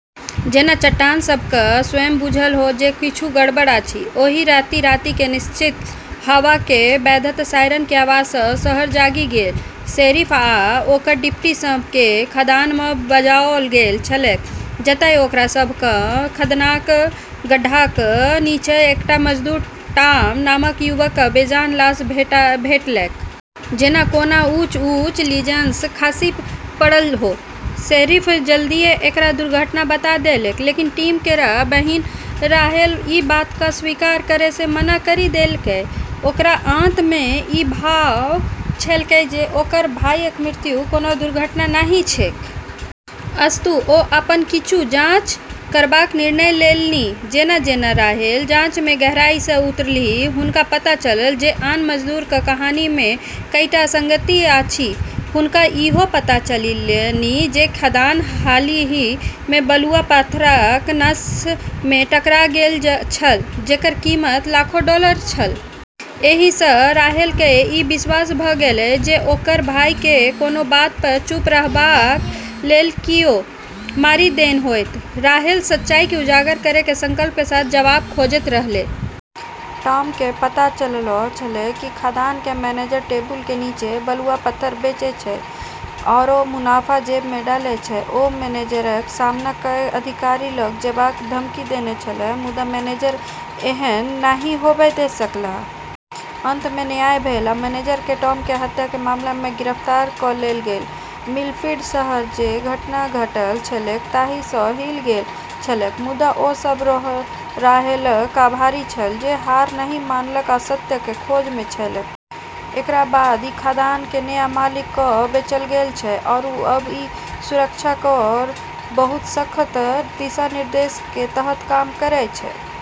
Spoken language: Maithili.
जेना चट्टान सभकेँ स्वयं बुझल हो जे किछु गड़बड़ अछि। ओहि राति राति के निश्चल हवा के बेधैत सायरन के आवाज सं शहर जागि गेल. शेरिफ आ ओकर डिप्टी सभ केँ खदान मे बजाओल गेल छलैक जतय ओकरा सभ केँ खदानक गड्ढाक नीचाँ एकटा मजदूर टॉम नामक युवकक बेजान लाश भेटलैक। जेना कोनो ऊँच-ऊँच लीजसँ खसि पड़ल हो। शेरिफ जल्दीए एकरा दुर्घटना बता देलकै, लेकिन टॉम केरऽ बहिन राहेल ई बात क॑ स्वीकार करै स॑ मना करी देलकै। ओकरा आंत मे ई भाव छलैक जे ओकर भाइक मृत्यु कोनो दुर्घटना नहि छैक। अस्तु, ओ अपन किछु जांच करबाक निर्णय लेलनि. जेना-जेना राहेल जांच मे गहराई स उतरलीह, हुनका पता चलल जे आन मजदूर क कहानी मे कईटा असंगति अछि। हुनका इहो पता चललनि जे खदान हालहि मे बलुआ पाथरक नस मे टकरा गेल छल जेकर कीमत लाखों डॉलर छल। एहि सँ राहेल केँ ई विश्वास भ' गेलै जे ओकर भाइ केँ कोनो बात पर चुप रहबाक लेल कियो मारि देने होयत। राहेल सच्चाई के उजागर करै के संकल्प के साथ जवाब खोजतें रहलै। टॉम के पता चललोॅ छेलै कि खदान के मैनेजर टेबुल के नीचें बलुआ पत्थर बेचै छै आरो मुनाफा जेब में डालै छै। ओ मैनेजरक सामना कए अधिकारी लग जेबाक धमकी देने छलाह, मुदा मैनेजर एहन नहि होबय द' सकलाह. अंत मे न्याय भेल आ मैनेजर के टॉम के हत्या के मामला मे गिरफ्तार क लेल गेल। मिलफील्ड शहर जे घटना घटल छलैक ताहि सँ हिल गेल छलैक, मुदा ओ सभ राहेलक आभारी छल जे हार नहि मानलक आ सत्यक खोज मे छलैक। एकरऽ बाद ई खदान क॑ नया मालिक क॑ बेचलऽ गेलऽ छै, आरू अब॑ ई सुरक्षा केरऽ बहुत सख्त दिशा-निर्देश के तहत काम करै छै।